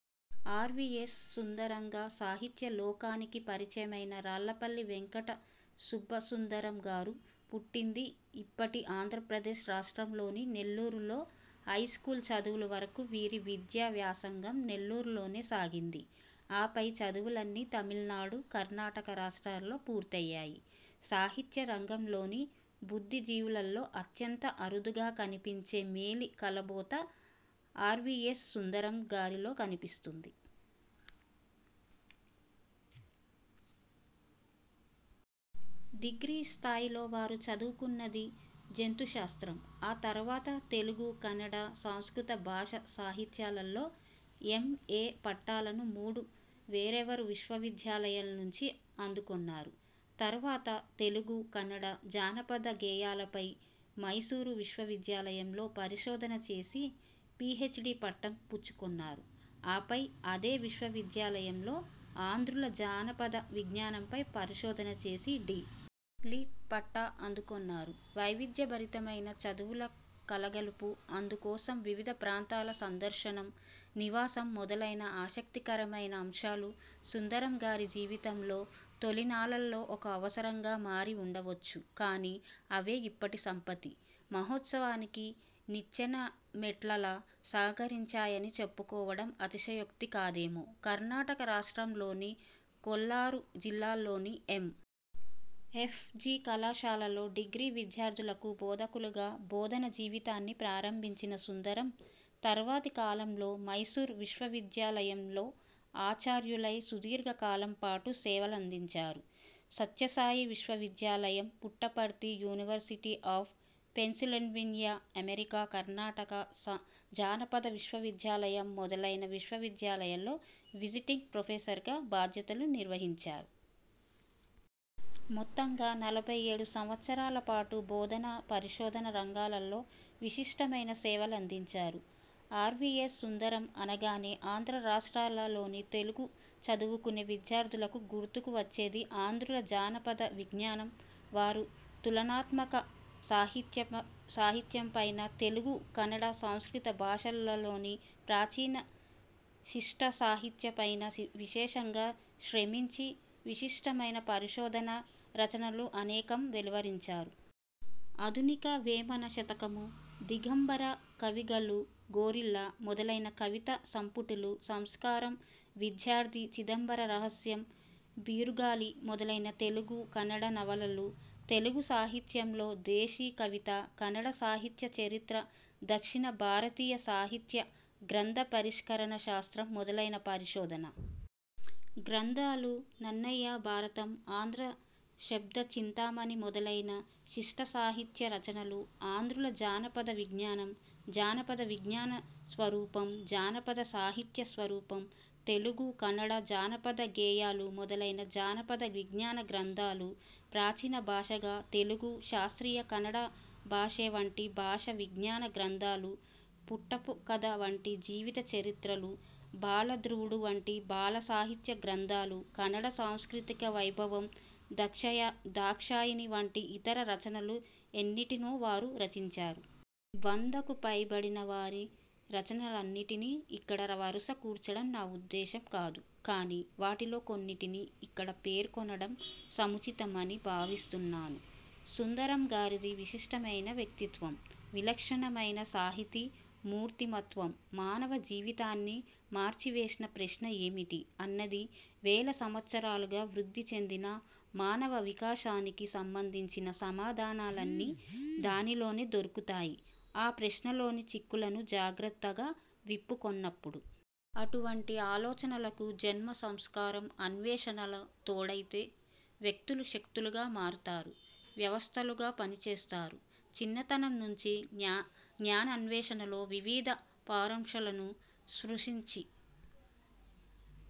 RVS సుందరంగా సాహిత్య లోకానికి పరిచయమైన రాళ్ళపల్లి వెంకట సుబ్బు సుందరం గారు పుట్టింది ఇప్పటి ఆంధ్రప్రదేశ్ రాష్ట్రంలోని నెల్లూరులో. హైస్కూలు చదువుల వరకు వీరి విద్యా వ్యాసంగం నెల్లూరులోనే సాగింది. ఆపై చదువులన్నీ తమిళనాడు, కర్ణాటక రాష్టాల్లో పూర్తయ్యాయి. సాహిత్య రంగంలోని బుద్ధి జీవులలో అత్యంత అరుదుగా కనిపించే మేలి కలబోత ఆర్వీయస్ సుందరం గారిలో కనిపిస్తుంది. డిగ్రీ స్థాయిలో వారు చదువుకున్నది జంతుశాస్త్రం. ఆ తరువాత, తెలుగు, కన్నడ, సంస్కృత భాషా సాహిత్యాలలో ఎమ్. ఏ. పట్టాలను మూడు వేర్వేరు విశ్వవిద్యాలయాల నుంచి అందుకొన్నారు. తర్వాత, 'తెలుగు, కన్నడ జానపద గేయాల'పై మైసూరు విశ్వవిద్యాలయంలో పరిశోధన చేసి, పీహెచ్డీ పట్టం పుచ్చుకొన్నారు. ఆపై, అదే విశ్వవిద్యాలయంలో 'ఆంధ్రుల జానపద విజ్ఞానం'పై పరిశోధన చేసి, డి. లిట్. పట్టా అందుకొన్నారు. వైవిధ్యభరితమైన చదువుల కలగలుపు, అందుకోసం వివిధ ప్రాంతాల సందర్శనం, నివాసం మొదలైన ఆసక్తికరమైన అంశాలు, సుందరం గారి జీవితంలో తొలినాళ్ళలో ఒక అవసరంగా మారి ఉండవచ్చు. కానీ, అవే ఇప్పటి సప్తతి మహోత్సవానికి నిచ్చెనమెట్లలా సహకరించాయని చెప్పుకోవడం అతిశయోక్తి కాదేమో! కర్ణాటక రాష్ట్రంలోని కోలారు జిల్లాలోని ఎం. ఎఫ్. జి. కళాశాలలో డిగ్రీ విద్యార్థులకు బోధకులుగా, బోధన జీవితాన్ని ప్రారంభించిన సుందరం, తర్వాతి కాలంలో మైసూరు విశ్వవిద్యాలయంలో ఆచార్యులై సుదీర్ఘకాలం పాటు సేవలందించారు. సత్యసాయి విశ్వవిద్యాలయం Puttaparthi, university of Pennsylvania America, Karnataka జానపద విశ్వవిద్యాలయం మొదలైన విశ్వవిద్యాలయాల్లో విజిటింగ్ ప్రొఫెసర్గా బాధ్యతలు నిర్వహించారు. మొత్తంగా నలభై ఏడు సంవత్సరాల పాటు బోధన, పరిశోధన రంగాలలో విశిష్టమైన సేవలు అందించారు. ఆర్వీయస్ సుందరం అనగానే ఆంధ్ర రాష్ట్రాల లోని తెలుగు చదువుకునే విద్యార్థులకు గుర్తుకు వచ్చేది 'ఆంధ్రుల జానపద విజ్ఞానం'. వారు తులనాత్మక సాహిత్యంపైనా, తెలుగు, కన్నడ, సంస్కృత భాషలలోని ప్రాచీన శిష్ట సాహిత్యంపైనా విశేషంగా శ్రమించి, విశిష్టమైన పరిశోధణ రచనలు అనేకం వెలువరించారు. ఆధునిక వేమన శతకము, దిగంబర కవిగళు, గొరిల్లా, మొదలైన కవితా సంపుటులు, సంస్కారం, విద్యార్థి, చిదంబర రహస్యం, బిరుగాళి మొదలైన తెలుగు, కన్నడ నవలలు, తెలుగు సాహిత్యంలో దేశి కవిత, కన్నడ సాహిత్య చరిత్ర, దక్షిణ భారతీయ సాహిత్య, గ్రంథ పరిష్కరణ శాస్త్రం మొదలైన పరిశోధన గ్రంథాలు, నన్నయ భారతం, ఆంధ్ర శబ్ద చింతామణి మొదలైన శిష్టసాహిత్య రచనలు, ఆంధ్రుల జానపద విజ్ఞానం, జానపద విజ్ఞాన స్వరూపం, జానపద సాహిత్య స్వరూపం, తెలుగు కన్నడ జానపద గేయాలు మొదలైన జానపద విజ్ఞాన గ్రంథాలు, ప్రాచీన భాషగా తెలుగు, శాస్త్రీయ కన్నడ భాషె వంటి భాషా విజ్ఞాన గ్రంథాలు, పుట్టప్ప కథ వంటి జీవిత చరిత్రలు, బాల ధ్రువుడు వంటి బాల సాహిత్య గ్రంథాలు, కన్నడ సంస్కృతి వైభవం, దాక్షాయణి వంటి ఇతర రచనలు ఎన్నింటినో వారు రచించారు. వందకు పైబడిన వారి రచనలన్నిటినీ ఇక్కడ వరుస కూర్చడం నా ఉద్దేశం కాదు గాని, వాటిలో కొన్నిటిని ఇక్కడ పేర్కొనడం సముచితమని భావిస్తున్నాను. సుందరం గారిది విశిష్టమైన వ్యక్తిత్వం. విలక్షణమైన సాహితీ మూర్తిమత్వం. మానవ జీవితాన్ని మార్చివేసిన ప్రశ్న 'ఏమిటి? ' అన్నది. వేల సంవత్సరాలుగా వృద్ధి చెందిన మానవ వికాసానికి సంబంధించిన సమాధానాలన్నీ దానిలోనే దొరుకుతాయి ఆ ప్రశ్నలోని చిక్కులను జాగ్రత్తగా విప్పుకొన్నప్పుడు. అటువంటి ఆలోచనలకు జన్మ సంస్కారం, అన్వేషణలు తోడైతే వ్యక్తులు శక్తులుగా మారతారు. వ్యవస్థలుగా పనిచేస్తారు. చిన్నతనం నుంచీ జ్ఞానాన్వేషణలో వివిధ పార్శ్వాలను స్పృశించి,